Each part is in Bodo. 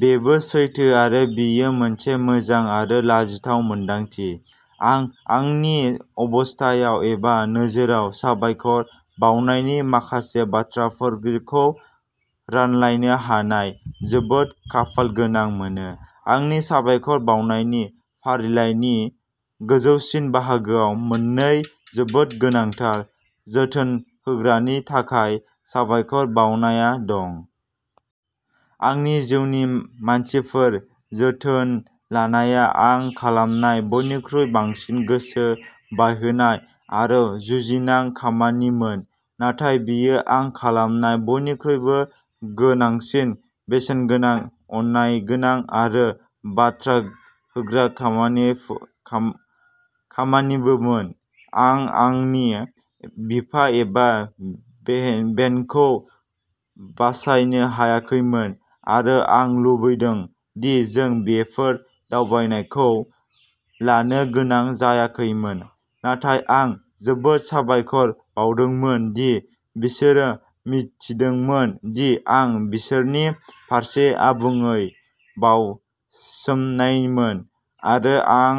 बेबो सैथो, आरो बेयो मोनसे मोजां आरो लाजिथाव मोनदांथि। आं आंनि अबस्थायाव, एबा नोजोरआव, साबायखर बावनायनि माखासे बाथ्राफोरखौ रानलायनो हानायाव जोबोद खाफालगोनां मोनो। आंनि साबायखर बावनायनि फारिलाइनि गोजौसिन बाहागोआव मोननै जोबोद गोनांथार जोथोनहोग्रानि थाखाय साबायखर बावनाया दं। आंनि जिउनि मानसिफोर। जोथोन लानाया आं खालामनाय बयनिख्रुइ बांसिन गोसो बायहोनाय आरो जुजिनां खामानिमोन, नाथाय बेयो आं खालामनाय बयनिख्रुइबो गोनांसिन, बेसेनगोनां, अननायगोनां आरो बान्था होग्रा खामानिबोमोन। आं आंनि बिफा एबा बेनखौ बासायनो हायाखैमोन, आरो आं लुबैदों दि जों बेफोर दावबायनायखौ लानो गोनां जायाखैमोन, नाथाय आं जोबोद साबायखर बावदोंमोन दि बिसोरो मिथिदोंमोन दि आं बिसोरनि फारसे आबुङै बावसोमनायमोन, आरो आं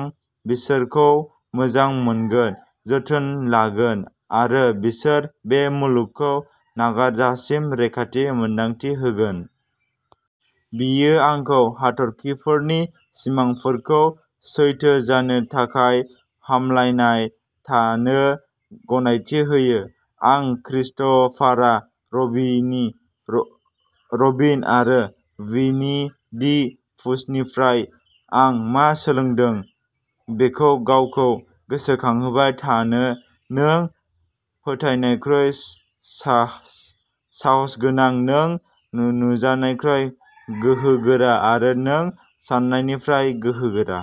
बिसोरखौ मोजां मोनगोन, जोथोन लागोन आरो बिसोर बे मुलुगखौ नागारजासिम रैखाथि मोन्दांथि होगोन। बेयो आंखौ हाथरखिफोरनि सिमांफोरखौ सैथो जानो थाखाय हामलायबाय थानो गनायथि होयो। आं क्रिस्ट'फार रबिन आरो विनि-दि-पूहनिफ्राय आं मा सोलोंदों बेखौ गावखौ गोसोखांहोबाय थायोः "नों फोथायनायनिख्रुइ साहसगोनां, नों नुजानायनिख्रुइ गोहोगोरा आरो नों सान्नायनिफ्राय गोहोगोरा।